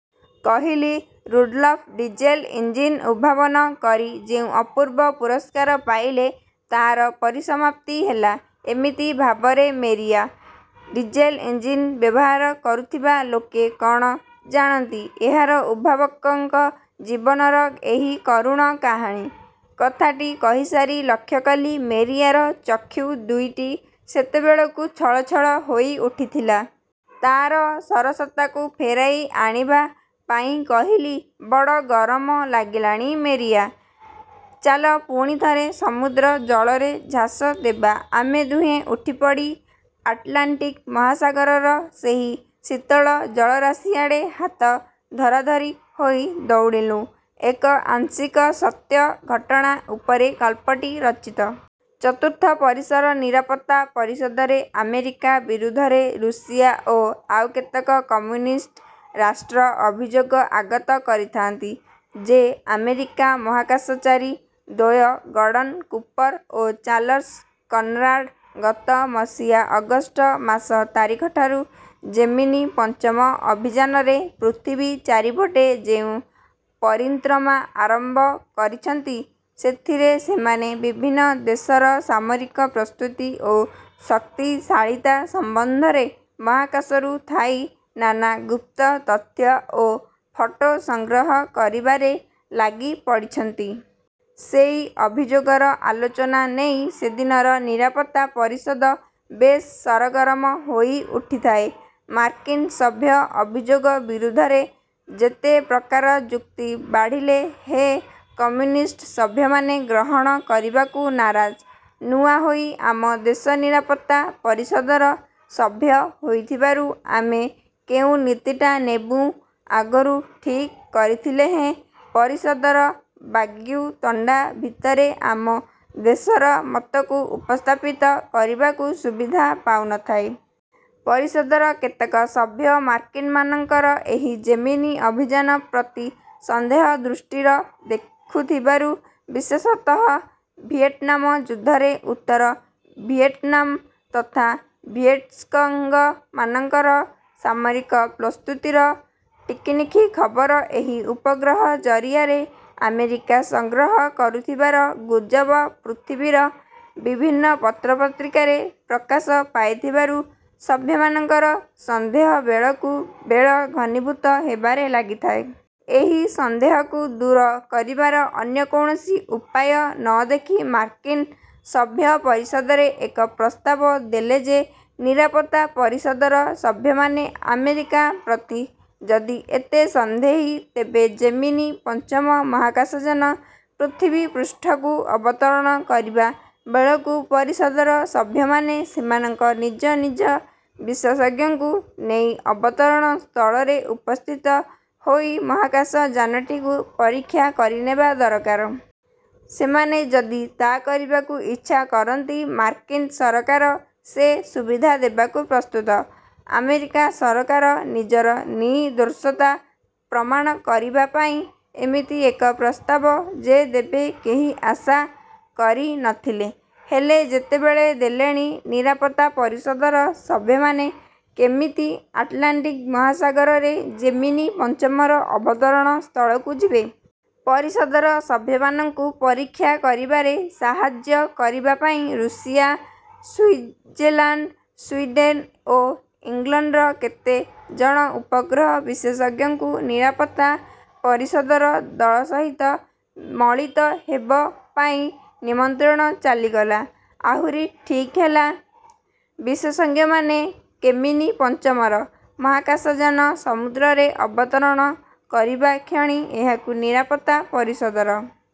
କହିଲି, ''Rudolf Diesel engine ଉଦ୍ଭାବନ କରି ଯେଉଁ ଅପୂର୍ବ ପୁରସ୍କାର ପାଇଲେ, ତା'ର ପରିସମାପ୍ତି ହେଲା ଏମିତି ଭାବରେ ମେରିଆ। ଡିଜେଲ ଇଞ୍ଜିନ୍ ବ୍ୟବହାର କରୁଥିବା ଲୋକେ କ'ଣ ଜାଣନ୍ତି ଏହାର ଉଦ୍ଭାବକଙ୍କ ଜୀବନର ଏହି କରୁଣ କାହାଣୀ? କଥାଟି କହିସାରି ଲକ୍ଷ୍ୟକଲି ମେରିଆର ଚକ୍ଷୁ ଦୁଇଟି ସେତେବେଳକୁ ଛଳଛଳ ହୋଇ ଉଠିଥିଲା। ତାର ସରସତାକୁ ଫେରାଇ ଆଣିବା ପାଇଁ କହିଲି, ''ବଡ଼ ଗରମ ଲାଗିଲାଣି ମେରିଆ, ଚାଲ ପୁଣି ଥରେ ସମୁଦ୍ର ଜଳରେ ଝାସ ଦେବା। '' ଆମେ ଦୁହେଁ ଉଠିପଡ଼ି ଆଟଲାଣ୍ଟିକ ମହାସାଗରର ସେହି ଶୀତଳ ଜଳରାଶିଆଡ଼େ ହାତ ଧରାଧରି ହୋଇ ଦୌଡ଼ିଲୁଁ। ଏକ ଆଂଶିକ ସତ୍ୟ ଘଟଣା ଉପରେ ଗଳ୍ପଟି ରଚିତ। ଚତୁର୍ଥ ପରିସର ନିରାପତ୍ତା ପରିଷଦରେ ଆମେରିକା ବିରୁଦ୍ଧରେ ଋଷିଆ ଓ ଆଉ କେତେକ କମ୍ୟୁନିଷ୍ଟ ରାଷ୍ଟ୍ର ଅଭିଯୋଗ ଆଗତ କରିଥାନ୍ତି ଯେ ଆମେରିକା ମହାକାଶଚାରୀ ଦ୍ୱୟ ଗର୍ଡ଼ନ କୁପର ଓ ଚାର୍ଲସ କନରାଡ଼ ଗତ ମସିହା ଅଗଷ୍ଟ ମାସ ତାରିଖଠାରୁ ଯେମିନୀ ପଞ୍ଚମ ଅଭିଯାନରେ ପୃଥିବୀ ଚାରିପଟେ ଯେଉଁ ପରିନ୍ତ୍ରମା ଆରମ୍ବ କରିଛନ୍ତି, ସେଥିରେ ସେମାନେ ବିଭିନ୍ନ ଦେଶର ସାମରିକ ପ୍ରସ୍ତୁତି ଓ ଶକ୍ତିଶାଳୀତା ସମ୍ବନ୍ଧରେ ମହାକାଶରୁ ଥାଇ ନାନା ଗୁପ୍ତ ତଥ୍ୟ ଓ ଫଟୋ ସଂଗ୍ରହ କରିବାରେ ଲାଗିପଡ଼ିଛନ୍ତି। ସେଇ ଅଭିଯୋଗର ଆଲୋଚନା ନେଇ ସେଦିନର ନିରାପତ୍ତା ପରିଷଦ ବେଶ୍ ସରଗରମ ହୋଇ ଉଠିଥାଏ। ମାର୍କିନ ସଭ୍ୟ ଅଭିଯୋଗ ବିରୁଦ୍ଧରେ ଯେତେ ପ୍ରକାର ଯୁକ୍ତି ବାଢ଼ିଲେ ହେ କମ୍ୟୁନିଷ୍ଟ ସଭ୍ୟମାନେ ଗ୍ରହଣ କରିବାକୁ ନାରାଜ। ନୂଆହୋଇ ଆମ ଦେଶନିରାପତ୍ତା ପରିଷଦର ସଭ୍ୟ ହୋଇଥିବାରୁ ଆମେ କେଉଁ ନୀତିଟା ନେବୁଁ, ଆଗରୁ ଠିକ୍ କରିଥିଲେହେଁ ପରିଷଦର ବାଗ୍ବିତଣ୍ଡା ଭିତରେ ଆମ ଦେଶର ମତକୁ ଉପସ୍ଥାପିତ କରିବାକୁ ସୁବିଧା ପାଉ ନ ଥାଏ। ପରିଷଦର କେତେକ ସଭ୍ୟ ମାର୍କିନମାନଙ୍କର ଏହି ଜେମିନୀ ଅଭିଯାନ ପ୍ରତି ସନ୍ଦେହ ଦୃଷ୍ଟିର ଦେଖୁଥିବାରୁ ବିଶେଷତଃ ଭିଏଟନାମ ଯୁଦ୍ଧରେ ଉତ୍ତର ଭିଏଟ୍ନାମ ତଥା ଭିଏଟ୍କଙ୍ଗମାନଙ୍କର ସାମରିକ ପ୍ରସ୍ତୁତିର ଟିକିନିଖି ଖବର ଏହି ଉପଗ୍ରହ ଜରିଆରେ ଆମେରିକା ସଂଗ୍ରହ କରୁଥିବାର ଗୁଜବ ପୃଥିବୀର ବିଭିନ୍ନ ପତ୍ରପତ୍ରିକାରେ ପ୍ରକାଶ ପାଇଥିବାରୁ ସଭ୍ୟମାନଙ୍କର ସନ୍ଦେହବେଳକୁ ବେଳ ଘନୀଭୂତ ହେବାରେ ଲାଗିଥାଏ। ଏହି ସନ୍ଦେହକୁ ଦୂର କରିବାର ଅନ୍ୟ କୌଣସି ଉପାୟ ନ ଦେଖି ମାର୍କିନ ସଭ୍ୟ ପରିଷଦରେ ଏକ ପ୍ରସ୍ତାବ ଦେଲେ ଯେ ନିରାପତ୍ତା ପରିଷଦର ସଭ୍ୟମାନେ ଆମେରିକା ପ୍ରତି ଯଦି ଏତେ ସନ୍ଦେହୀ, ତେବେ ଜେମିନୀ-ପଞ୍ଚମ ମହାକାଶଯାନ ପୃଥିବୀପୃଷ୍ଠକୁ ଅବତରଣ କରିବା ବେଳକୁ ପରିଷଦର ସଭ୍ୟମାନେ ସେମାନଙ୍କ ନିଜ ନିଜ ବିଶେଷଜ୍ଞଙ୍କୁ ନେଇ ଅବତରଣ ସ୍ଥଳରେ ଉପସ୍ଥିତ ହୋଇ ମହାକାଶଯାନଟିକୁ ପରୀକ୍ଷା କରିନେବା ଦରକାର। ସେମାନେ ଯଦି ତା କରିବାକୁ ଇଚ୍ଛା କରନ୍ତି, ମାର୍କିନ ସରକାର ସେ ସୁବିଧା ଦେବାକୁ ପ୍ରସ୍ତୁତ। ଆମେରିକା ସରକାର ନିଜର ନିର୍ଦ୍ଦୋଷତା ପ୍ରମାଣ କରିବା ପାଇଁ ଏମିତି ଏକ ପ୍ରସ୍ତାବ ଯେ ଦେବେ, କେହି ଆଶା କରି ନ ଥିଲେ। ହେଲେ ଯେତେବେଳେ ଦେଲେଣି, ନିରାପତ୍ତା ପରିଷଦର ସଭ୍ୟମାନେ କେମିତି ଆଟଲାଣ୍ଟିକ ମହାସାଗରରେ ଜେମିନୀ ପଞ୍ଚମର ଅବତରଣ ସ୍ଥଳକୁ ଯିବେ। ପରିଷଦର ସଭ୍ୟମାନଙ୍କୁ ପରୀକ୍ଷା କରିବାରେ ସାହାଯ୍ୟ କରିବା ପାଇଁ ଋଷିଆ, ସୁଇଜେଲାଣ୍ଡ, ସୁଇଡେନ ଓ ଇଂଲଣ୍ଡର କେତେ ଜଣ ଉପଗ୍ରହ ବିଶେଷଜ୍ଞଙ୍କୁ ନିରାପତ୍ତା ପରିଷଦର ଦଳ ସହିତ ମଳିତ ହେବ ପାଇଁ ନିମନ୍ତ୍ରଣ ଚାଲିଗଲା-। ଆହୁରି ଠିକ୍ ହେଲା, ବିଶେଷଜ୍ଞମାନେ କେମିନୀ ପଞ୍ଚମର। ମହାକାଶଯାନ ସମୁଦ୍ରରେ ଅବତରଣ କରିବା କ୍ଷଣି ଏହାକୁ ନିରାପତ୍ତାପରିଷଦର